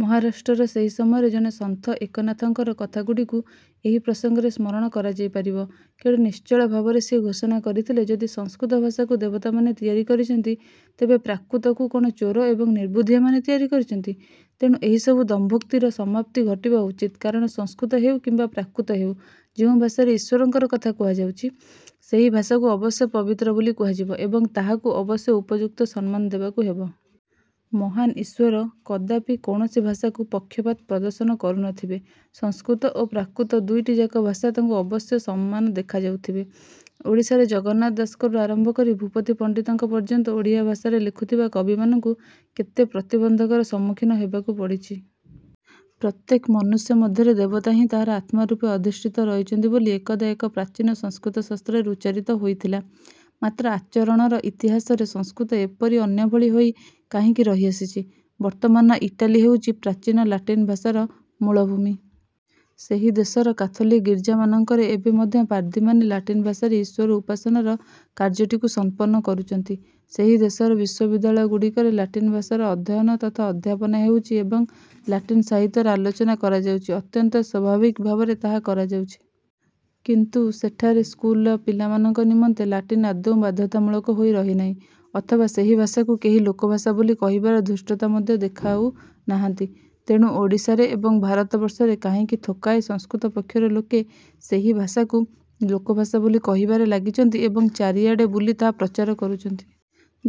ମହାରାଷ୍ଟ୍ରର ସେହି ସମୟର ଜଣେ ସନ୍ଥ ଏକନାଥଙ୍କର କଥାଗୁଡ଼ିକୁ ଏହି ପ୍ରସଙ୍ଗରେ ସ୍ମରଣ କରାଯାଇପାରିବ। କେଡ଼େ ନିଶ୍ଚଳ ଭାବରେ ସିଏ ଘୋଷଣା କରିଥିଲେ ଯଦି ସଂସ୍କୃତଭାଷାକୁ ଦେବତାମାନେ ତିଆରି କରିଛନ୍ତି, ତେବେ ପ୍ରାକୃତକୁ କଣ ଚୋର ଏବଂ ନିର୍ବୁଦ୍ଧିଆମାନେ ତିଆରି କରିଛନ୍ତି? ତେଣୁ ଏହିସବୁ ଦମ୍ଭୋକ୍ତିର ସମାପ୍ତି ଘଟିବା ଉଚିତ୍ କାରଣ ସଂସ୍କୃତ ହେଉ କିମ୍ବା ପ୍ରାକୃତ ହେଉ, ଯେଉଁ ଭାଷାରେ ଈଶ୍ଵରଙ୍କ କଥା କୁହାଯାଇଛି, ସେହି ଭାଷାକୁ ଅବଶ୍ୟ ପବିତ୍ର ବୋଲି କୁହାଯିବ ଏବଂ ତାହାକୁ ଅବଶ୍ୟ ଉପଯୁକ୍ତ ସମ୍ମାନ ଦେବାକୁ ହେବ। ମହାନ୍ ଈଶ୍ୱର କଦାପି କୌଣସି ଭାଷାକୁ ପକ୍ଷପାତ ପ୍ରଦର୍ଶନ କରୁନଥିବେ। ସଂସ୍କୃତ ଓ ପ୍ରାକୃତ ଦୁଇଟିଯାକ ଭାଷା ତାଙ୍କୁ ଅବଶ୍ୟ ସମାନ ଦେଖାଯାଉଥବେ। ଓଡ଼ିଶାରେ ଜଗନ୍ନାଥ ଦାସଙ୍କଠାରୁ ଆରମ୍ଭ କରି ଭୂପତି ପଣ୍ଡିତଙ୍କ ପର୍ଯ୍ୟନ୍ତ ଓଡ଼ିଆ ଭାଷାରେ ଲେଖୁଥିବା କବିମାନଙ୍କୁ କେତେ ପ୍ରତିବନ୍ଧକର ସମ୍ମୁଖୀନ ହେବାକୁ ପଡ଼ିଛି। ପ୍ରତ୍ୟେକ ମନୁଷ୍ୟ ମଧ୍ୟରେ ଦେବତା ହିଁ ତାହାର ଆତ୍ମା ରୂପେ ଅଧିଷ୍ଠିତ ରହିଛନ୍ତି ବୋଲି ଏକଦା ଏକ ପ୍ରାଚୀନ ସଂସ୍କୃତଶାସ୍ତ୍ରରେ ଉଚ୍ଚାରିତ ହୋଇଥିଲା। ମାତ୍ର ଆଚରଣର ଇତିହାସରେ ସଂସ୍କୃତ ଏପରି ଅନ୍ୟ ଭଳି ହୋଇ କାହିଁକି ରହିଆସିଛି? ବର୍ତ୍ତମାନର ଇଟାଲୀ ହେଉଛି ପ୍ରାଚୀନ ଲାଟିନ୍ ଭାଷାର ମୂଳ ଭୂମି। ସେହି ଦେଶର କାଥୋଲିକ୍ ଗୀର୍ଜାମାନଙ୍କରେ ଏବେ ମଧ୍ୟ ପାଦ୍ରୀମାନେ ଲାଟିନ୍ ଭାଷାରେ ଈଶ୍ଵର ଉପାସନାର କାର୍ଯ୍ୟଟିକୁ ସମ୍ପନ୍ନ କରୁଛନ୍ତି। ସେହି ଦେଶର ବିଶ୍ୱବିଦ୍ୟାଳୟ ଗୁଡ଼ିକରେ ଲାଟିନ୍ ଭାଷାର ଅଧ୍ୟୟନ ତଥା ଅଧ୍ୟାପନା ହେଉଛି ଏବଂ ଲାଟିନ୍ ସାହିତ୍ୟର ଆଲୋଚନା କରାଯାଉଛି। ଅତ୍ୟନ୍ତ ସ୍ୱାଭାବିକ ଭାବରେ ତାହା କରାଯାଉଛି। କିନ୍ତୁ ସେଠାରେ ସ୍କୁଲର ପିଲାମାନଙ୍କ ନିମନ୍ତେ ଲାଟିନ୍ ଆଦୌ ବାଧ୍ୟତାମୂଳକ ହୋଇ ରହିନାହିଁ, ଅଥବା ସେହି ଭାଷାକୁ କେହି ଲୋକଭାଷା ବୋଲି। କହିବାର ଧୃଷ୍ଟତା ମଧ୍ୟ ଦେଖାଉନାହାନ୍ତି। ତେଣୁ ଓଡ଼ିଶାରେ ଏବଂ ଭାରତବର୍ଷରେ କାହିଁକି ଥୋକାଏ ସଂସ୍କୃତ ପକ୍ଷର ଲୋକେ ସେହି ଭାଷାକୁ ଲୋକଭାଷା ବୋଲି କହିବାରେ ଲାଗିଛନ୍ତି ଏବଂ ଚାରିଆଡ଼େ ବୁଲି ତାହା ପ୍ରଚାର କରୁଛନ୍ତି?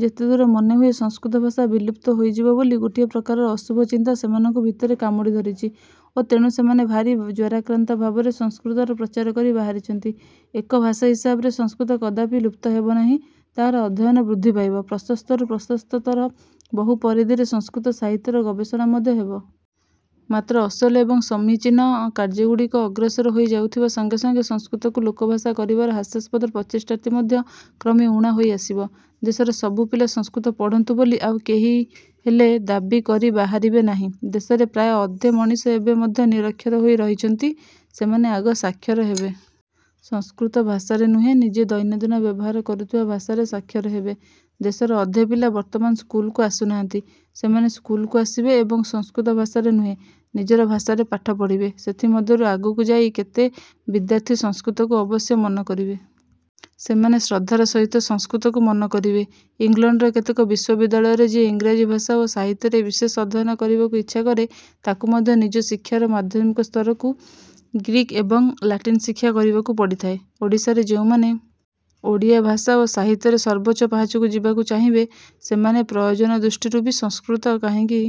ଯେତେଦୂର ମନେହୁଏ, ସଂସ୍କୃତଭାଷା ବିଲୁପ୍ତ ହୋଇଯିବ ବୋଲି ଗୋଟିଏ ପ୍ରକାରର ଅଶୁଭ ଚିନ୍ତା ସେମାନଙ୍କୁ ଭିତରେ କାମୁଡ଼ି ଧରିଛି ଓ ତେଣୁ ସେମାନେ ଭାରି ଜ୍ୱରାକ୍ରାନ୍ତ ଭାବରେ ସଂସ୍କୃତର ପ୍ରଚାର କରି ବାହାରିଛନ୍ତି। ଏକ ଭାଷା ହିସାବରେ ସଂସ୍କୃତ କଦାପି ଲୁପ୍ତ ହେବ ନାହିଁ। ତାହାର ଅଧ୍ୟୟନ ବୃଦ୍ଧି ପାଇବ, ପ୍ରଶସ୍ତରୁ ପ୍ରଶସ୍ତତର ବହୁ ପରିଧିରେ ସଂସ୍କୃତ ସାହିତ୍ୟର ଗବେଷଣା ମଧ୍ୟ ହେବ। ମାତ୍ର ଅସଲ ଏବଂ ସମୀଚୀନ କାର୍ଯ୍ୟଗୁଡ଼ିକ ଅଗ୍ରସର ହୋଇ ଯାଉଥିବା ସଙ୍ଗେ ସଙ୍ଗେ ସଂସ୍କୃତକୁ ଲୋକଭାଷା କରିବାର ହାସ୍ୟାସ୍ପଦ ପ୍ରଚେଷ୍ଟାଟି ମଧ୍ୟ କ୍ରମେ ଊଣା ହୋଇଆସିବ। ଦେଶର ସବୁ ପିଲା ସଂସ୍କୃତ ପଢ଼ନ୍ତୁ ବୋଲି ଆଉ କେହିହେଲେ ଦାବି କରି ବାହାରିବେ ନାହିଁ। ଦେଶରେ ପ୍ରାୟ ଅଧେ ମଣିଷ ଏବେ ମଧ୍ୟ ନିରକ୍ଷର ହୋଇ ରହିଛନ୍ତି ସେମାନେ ଆଗ ସାକ୍ଷର ହେବେ। ସଂସ୍କୃତ ଭାଷାରେ ନୁହେଁ, ନିଜେ ଦୈନନ୍ଦିନ ବ୍ୟବହାର କରୁଥିବା ଭାଷାରେ ସାକ୍ଷର ହେବେ। ଦେଶର ଅଧେ ପିଲା ବର୍ତ୍ତମାନ ସ୍କୁଲକୁ ଆସୁନାହାନ୍ତି। ସେମାନେ ସ୍କୁଲକୁ ଆସିବେ ଏବଂ ସଂସ୍କୃତ ଭାଷାରେ ନୁହେଁ, ନିଜର ଭାଷାରେ ପାଠ ପଢ଼ିବେ। ସେଥିମଧ୍ୟରୁ ଆଗକୁ ଯାଇ କେତେ ବିଦ୍ୟାର୍ଥୀ ସଂସ୍କୃତକୁ ଅବଶ୍ୟ ମନ କରିବେ। ସେମାନେ ଶ୍ରଦ୍ଧାର ସହିତ ସଂସ୍କୃତକୁ ମନ କରିବେ। ଇଂଲଣ୍ଡର କେତେକ ବିଶ୍ୱବିଦ୍ୟାଳୟରେ ଯିଏ ଇଂରାଜୀ ଭାଷା ଓ ସାହିତ୍ୟରେ ବିଶେଷ ଅଧ୍ୟୟନ କରିବାକୁ ଇଚ୍ଛା କରେ, ତାକୁ ମଧ୍ୟ ନିଜ ଶିକ୍ଷାର ମାଧ୍ୟମିକ ସ୍ତରରୁ ଗ୍ରୀକ୍ ଏବଂ ଲାଟିନ୍ ଶିକ୍ଷା କରିବାକୁ ପଡ଼ିଥାଏ। ଓଡ଼ିଶାରେ ଯେଉଁମାନେ ଓଡ଼ିଆ ଭାଷା ଓ ସାହିତ୍ୟରେ ସର୍ବୋଚ୍ଚ ପାହାଚକୁ ଯିବାକୁ ଚାହିବେ, ସେମାନେ ପ୍ରୟୋଜନ ଦୃଷ୍ଟିରୁ ବି ସଂସ୍କୃତ କାହିଁକି